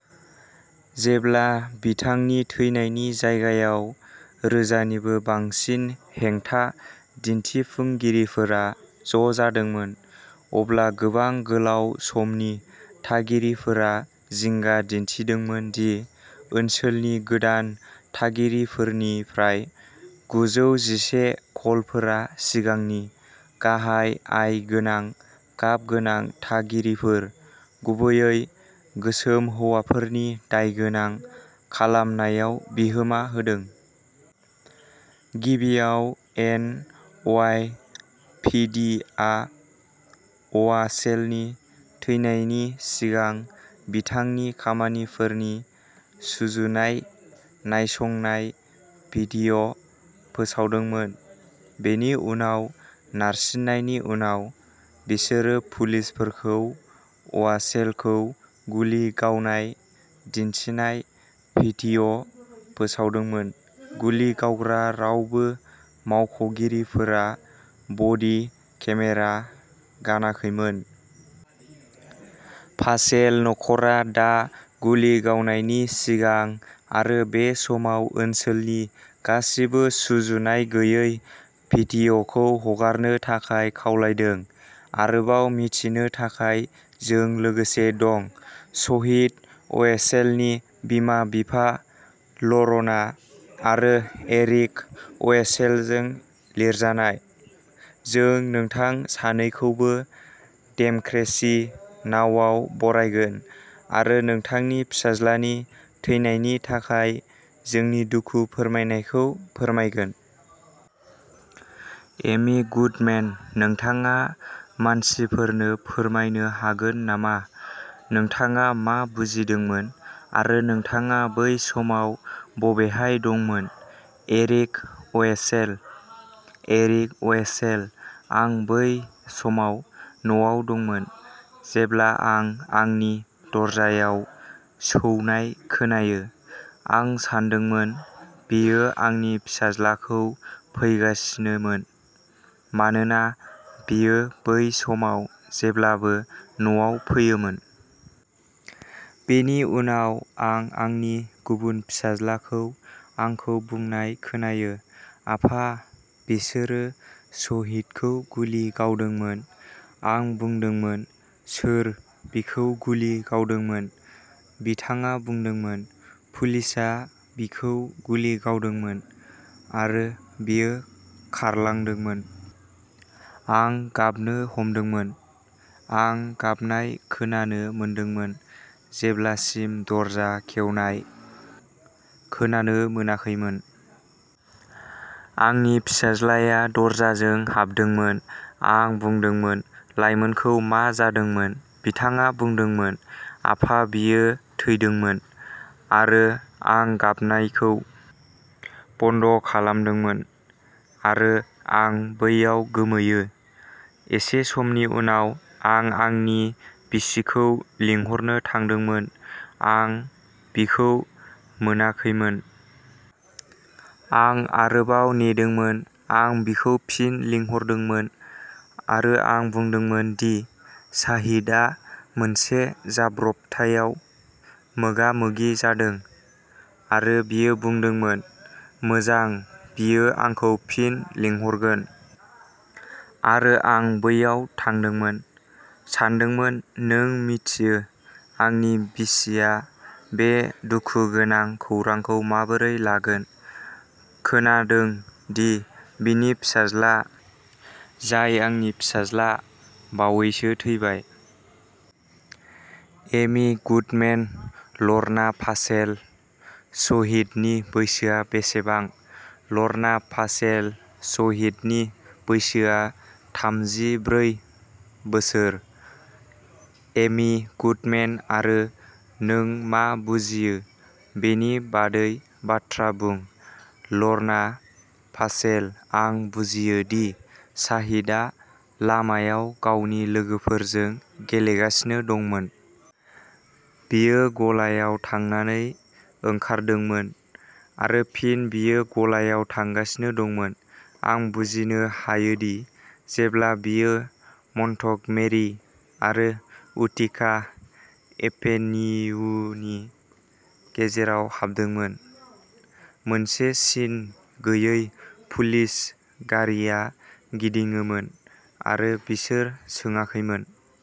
जेब्ला बिथांनि थैनायनि जायगायाव रोजानिबो बांसिन हेंथा दिन्थिफुंगिरिफोरा ज' जादोंमोन, अब्ला गोबां गोलाव समनि थागिरिफोरा जिंगा दिन्थिदोंमोन दि ओनसोलनि गोदान थागिरिफोरनिफ्राय गुजौ जिसे कलफोरा सिगांनि, गाहाय आय गोनां गाबगोनां थागिरिफोर, गुबैयै गोसोम हौवाफोरनि दायगोनां खालामनायाव बिहोमा होदों। गिबियाव, एन. अवाइ. पि. दि. आ अवासेलनि थैनायनि सिगां बिथांनि खामानिफोरनि सुजुनाय नायसंनाय भिडिअ फोसावदोंमोन। बेनि उनाव, नारसिननायनि उनाव, बिसोरो पुलिसफोरखौ अवासेलखौ गुलि गावनाय दिन्थिनाय भिडिअ फोसावदोंमोन। गुलि गावग्रा रावबो मावख'गिरिफोरा बडि केमेरा गानाखैमोन। पासेल नखरा दा गुलि गावनायनि सिगां आरो बे समाव ओनसोलनि गासिबो सुजुनाय गैयै भिडिअखौ हगारनो थाखाय खावलायदों। आरोबाव मिथिनो थाखाय, जों लोगोसे दं। शहीद अवेसेलनि बिमा-बिफा ल'रना आरो एरिक अवेसेलजों लिरजानाय। जों नोंथां सानैखौबो डेमक्रेसि नाउआव बरायगोन आरो नोंथांनि फिसाज्लानि थैनायनि थाखाय जोंनि दुखु फोरमायनायखौ फोरमायगोन। एमी गुडमेन नोंथाङा मानसिफोरनो फोरमायनो हागोन नामा नोंथाङा मा बुजिदोंमोन? आरो नोंथाङा बै समाव बबेहाय दंमोन, एरिक अवेसेल? एरिक अवेसेल- आं बै समाव न'आव दंमोन, जेब्ला आं आंनि दरजायाव सौनाय खोनायो। आं सानदोंमोन बेयो आंनि फिसाज्लाखौ फैगासिनोमोन, मानोना बियो बै समाव जेब्लाबो न'आव फैयोमोन। बेनि उनाव आं आंनि गुबुन फिसाज्लाखौ आंखौ बुंनाय खोनायो, "आफा, बिसोरो शहीदखौ गुलि गावदोंमोन।" आं बुंदोंमोन, "सोर बिखौ गुलि गावदोंमोन?" बिथाङा बुंदोंमोन, "पुलिसआ बिखौ गुलि गावदोंमोन।" आरो बियो खारलांदोंमोन। आं गाबनो हमदोंमोन। आं गाबनाय खोनानो मोनदोंमोन जेब्लासिम दरजा खेवनाय खोनानो मोनाखैमोन। आंनि फिसाज्लाया दरजाजों हाबदोंमोन। आं बुंदोंमोन, "लाइमोनखौ मा जादोंमोन?" बिथाङा बुंदोंमोन, "आफा, बियो थैदोंमोन।" आरो आं गाबनायखौ बन्द खालामदोंमोन। आरो आं बैयाव गोमोयो। एसे समनि उनाव, आं आंनि बिसिखौ लिंहरनो थांदोंमोन। आं बिखौ मोनाखैमोन। आं आरोबाव नेदोंमोन। आं बिखौ फिन लिंहरदोंमोन, आरो आं बुंदोंमोन दि साहिदआ मोनसे जाब्रबथायाव मोगा-मोगि जादों। आरो बियो बुंदोंमोन, "मोजां", बियो आंखौ फिन लिंहरगोन। आरो आं बैयाव थांदोंमोन, सानदोंमोन, नों मिथियो, आंनि बिसिया बे दुखुगोनां खौरांखौ माबोरै लागोन, खोनादों दि बिनि फिसाज्ला, जाय आंनि फिसाज्ला बावैसो थैबाय। एमि गुडमेन लर्ना पासेल, शहीदनि बैसोआ बेसेबां? लर्ना पासेल शहीदनि बैसोआ थामजि ब्रै बोसोर। एमि गुडमेन आरो नों मा बुजियो बेनि बादै बाथ्रा बुं। लर्ना पासेल आं बुजियो दि साहिदआ लामायाव गावनि लोगोफोरजों गेलेगासिनो दंमोन। बियो गलायाव थांनानै ओंखारदोंमोन। आरो फिन बियो गलायाव थांगासिनो दंमोन। आं बुजिनो हायोदि जेब्ला बियो मन्टगमेरि आरो उटिका एभेनियुनि गेजेराव हाबदोंमोन, मोनसे सिन गैयै पुलिस गारिआ गिदिङोमोन, आरो बिसोर सोङाखैमोन।